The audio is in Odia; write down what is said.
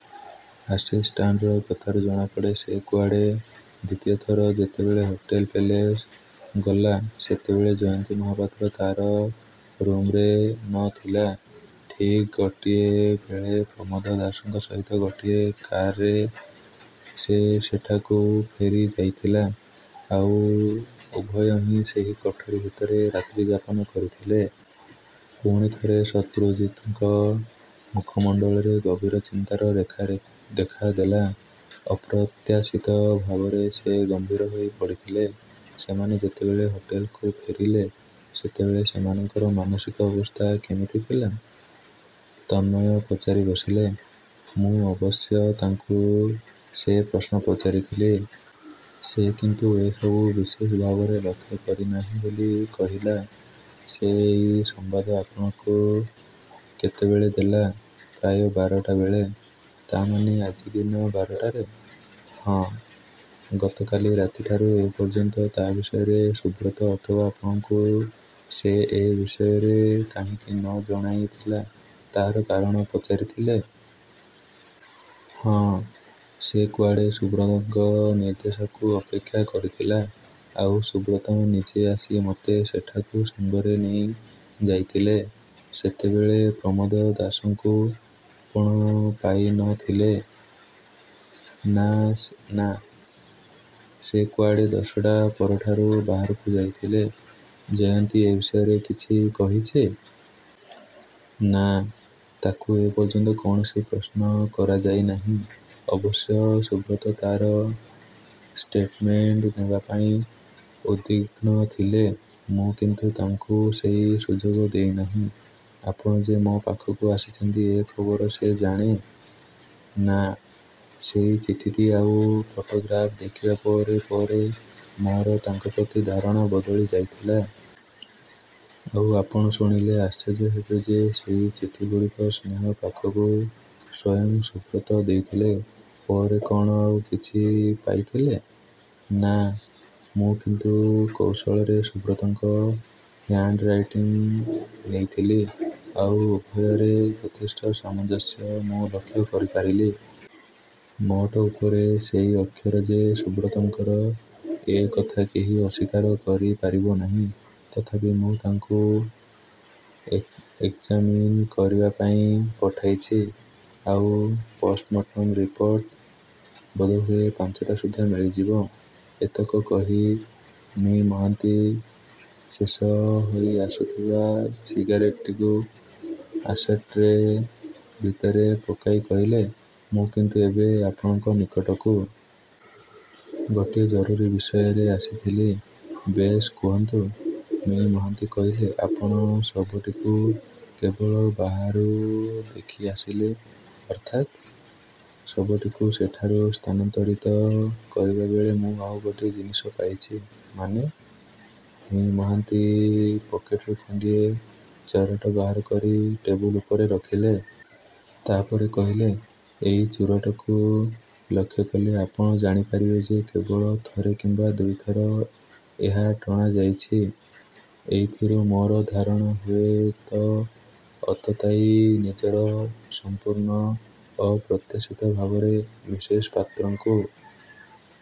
' 'ଆସିଷ୍ଟାଣ୍ଟର କଥାରୁ ଜଣାପଡ଼େ, ସେ କୁଆଡ଼େ ଦ୍ୱିତୀୟ ଥର ଯେତେବେଳେ ହୋଟେଲ ପେଲେସ ଗଲା ସେତେବେଳେ ଜୟନ୍ତୀ ମହାପାତ୍ର ତାର ରୁମ୍ରେ ନ ଥିଲା। ଠିକ୍ ଗୋଟିଏ ବେଳେ ପ୍ରମୋଦ ଦାସଙ୍କ ସହିତ ଗୋଟିଏ କାର୍ରେ ସେ ସେଠାକୁ ଫେରିଯାଇଥିଲା। ଆଉ ଉଭୟ ହିଁ ସେହି କୋଠରି ଭିତରେ ରାତ୍ରି ଯାପନ କରିଥିଲେ। ' ପୁଣି ଥରେ ଶତ୍ରୁଜିତଙ୍କ ମୁଖମଣ୍ତଳରେ ଗଭୀର ଚିନ୍ତାର ରେଖା ଦେଖା ଦେଲା। ଅପ୍ରତ୍ୟାଶିତ ଭାବରେ ସେ ଗମ୍ଭୀର ହେଇ ପଡ଼ିଥିଲେ। 'ସେମାନେ ଯେତେବେଳେ ହୋଟେଲକୁ ଫେରିଲେ, ସେତେବେଳେ ସେମାନଙ୍କର ମାନସିକ ଅବସ୍ଥା କେମିତି ଥିଲା? ' ତନ୍ମୟ ପଚାରି ବସିଲେ। 'ମୁଁ ଅବଶ୍ୟ ତାକୁ ସେ ପ୍ରଶ୍ନ ପଚାରିଥିଲି। ସେ କିନ୍ତୁ ଏ ସବୁ ବିଶେଷ ଭାବରେ ଲକ୍ଷ୍ୟ କରିନାହିଁ ବୋଲି କହିଲା। 'ସେ ଏଇ ସମ୍ୱାଦ ଆପଣଙ୍କୁ କେତେବେଳେ ଦେଲା? ' 'ପ୍ରାୟ ବାରଟା ବେଳେ। ' 'ତା ମାନେ, ଆଜି ଦିନ ବାରଟାରେ? ' 'ହଁ। ' 'ଗତ କାଲି ରାତିଠାରୁ ଏପର୍ଯ୍ୟନ୍ତ ତା'ବିଷୟରେ ସୁବ୍ରତ ଅଥବା ଆପଣଙ୍କୁ ସେ ଏ ବିଷୟରେ କାହିଁକି ନ ଜଣାଇଥିଲା ତା'ର କାରଣ ପଚାରିଥିଲେ? ' 'ହଁ, ସେ କୁଆଡ଼େ ସୁବ୍ରତଙ୍କ ନିର୍ଦ୍ଦେଶକୁ ଅପେକ୍ଷା କରିଥିଲା। ଆଉ ସୁବ୍ରତ ନିଜେ ଆସି ମୋତେ ସେଠାକୁ ସଙ୍ଗରେ ନେଇ ଯାଇଥିଲେ। ' 'ସେତେବେଳେ ପ୍ରମୋଦ ଦାସଙ୍କୁ ଆପଣ ପାଇ ନ ଥିଲେ? 'ନା, ସେ କୁଆଡ଼େ ଦଶଟା ପରଠାରୁ ବାହାରକୁ ଯାଇଥିଲେ। ' 'ଜୟନ୍ତୀ ଏ ବିଷୟରେ କିଛି କହିଛି? ' 'ନା, ତାକୁ ଏ ପର୍ଯ୍ୟନ୍ତ କୌଣସି ପ୍ରଶ୍ନ କରାଯାଇନାହିଁ। ଅବଶ୍ୟ ସୁବ୍ରତ ତା'ର ଷ୍ଟେଟମେଣ୍ଟ ନେବାପାଇଁ ଉଦ୍ବିଗ୍ନ ଥିଲେ। ମୁ କିନ୍ତୁ ତାଙ୍କୁ ସେଇ ସୁଯୋଗ ଦେଇନାହିଁ। ' 'ଆପଣ ଯେ ମୋ ପାଖକୁ ଆସିଛନ୍ତି ଏ ଖବର ସେ ଜାଣେ? 'ନା। ସେଇ ଚିଠିଟି ଆଉ ଫଟୋଗ୍ରାଫ୍ ଦେଖିବା ପରେ ପରେ ମୋର ତାଙ୍କ ପ୍ରତି ଧାରଣା ବଦଳିଯାଇଥିଲା। ଆଉ ଆପଣ ଶୁଣିଲେ ଆଶ୍ଚର୍ଯ୍ୟ ହେବେ ଯେ ସେଇ ଚିଠିଗୁଡ଼ିକ ସ୍ନେହ ପାଖକୁ ସ୍ୱୟଂ ସୁବ୍ରତ ଦେଇଥିଲେ। ' 'ପରେ କଣ ଆଉ କିଛି ପାଇଥିଲେ? ' 'ନା, ମୁଁ କିନ୍ତୁ କୌଶଳରେ ସୁବ୍ରତଙ୍କ ହ୍ୟାଣ୍ତରାଇଟିଂ ନେଇଥିଲି। ଆଉ ଉଭୟରେ ଯଥେଷ୍ଟ ସାମଞ୍ଜସ୍ୟ ମୁଁ ଲକ୍ଷ୍ୟ କରିପାରିଲି। ମୋଟ ଉପରେ ସେଇ ଅକ୍ଷର ଯେ ସୁବ୍ରତଙ୍କର–ଏ କଥା କେହି ଅସ୍ୱୀକାର କରିପାରିବ ନାହିଁ। ତଥାପି ମୁଁ ତାକୁ ଏକ୍ଜାମିନ କରିବା ପାଇଁ ପଠାଇଛି। ' 'ଆଉ ପୋଷ୍ଟମଟମ୍ ରିପୋର୍ଟ? ' 'ବୋଧହୁଏ ପାଞ୍ଚଟା ସୁଦ୍ଧା ମିଳିଯିବ। ' ଏତକ କହି ମି ମହାନ୍ତି ଶେଷ ହୋଇଆସୁଥିବା ସିଗାରେଟ୍ଟିକୁ ଆସଟ୍ରେ ଭିତରେ ପକାଇ କହିଲେ, ମୁଁ କିନ୍ତୁ ଏବେ ଆପଣଙ୍କ ନିକଟକୁ। ଗୋଟିଏ ଜରୁରୀ ବିଷୟରେ ଆସିଥିଲି। ' 'ବେଶ୍, କୁହନ୍ତୁ। ' ମି: ମହାନ୍ତି କହିଲେ, 'ଆପଣ ଶବଟିକୁ କେବଳ ବାହାରୁ ଦେଖିଆସିଲେ। ' 'ଅର୍ଥାତ୍? ' 'ଶବଟିକୁ ସେଠାରୁ ସ୍ଥାନାନ୍ତରିତ କରିବାବେଳେ ମୁଁ ଆଉ ଗୋଟିଏ ଜିନିଷ ପାଇଛି। ' 'ମାନେ? ' ମି: ମହାନ୍ତି ପକେଟରୁ ଖଣ୍ତିଏ ଚରଟ ବାହାର କରି ଟେବୁଲ ଉପରେ ରଖିଲେ। ତା ପରେ କହିଲେ, 'ଏଇ ଚୁରଟକୁ ଲକ୍ଷ୍ୟ କଲେ ଆପଣ ଜାଣିପାରିବେ ଯେ କେବଳ ଥରେ କିମ୍ୱା ଦୁଇ ଥର ଏହା ଟଣାଯାଇଛି। ଏଇଥିରୁ ମୋର ଧରଣା, ହୁଏତ ଆତତାୟୀ ନିଜର ସଂପୂର୍ଣ୍ଣ ଅପ୍ରତ୍ୟାଶିତ ଭାବରେ ମିସେସ ପାତ୍ରଙ୍କୁ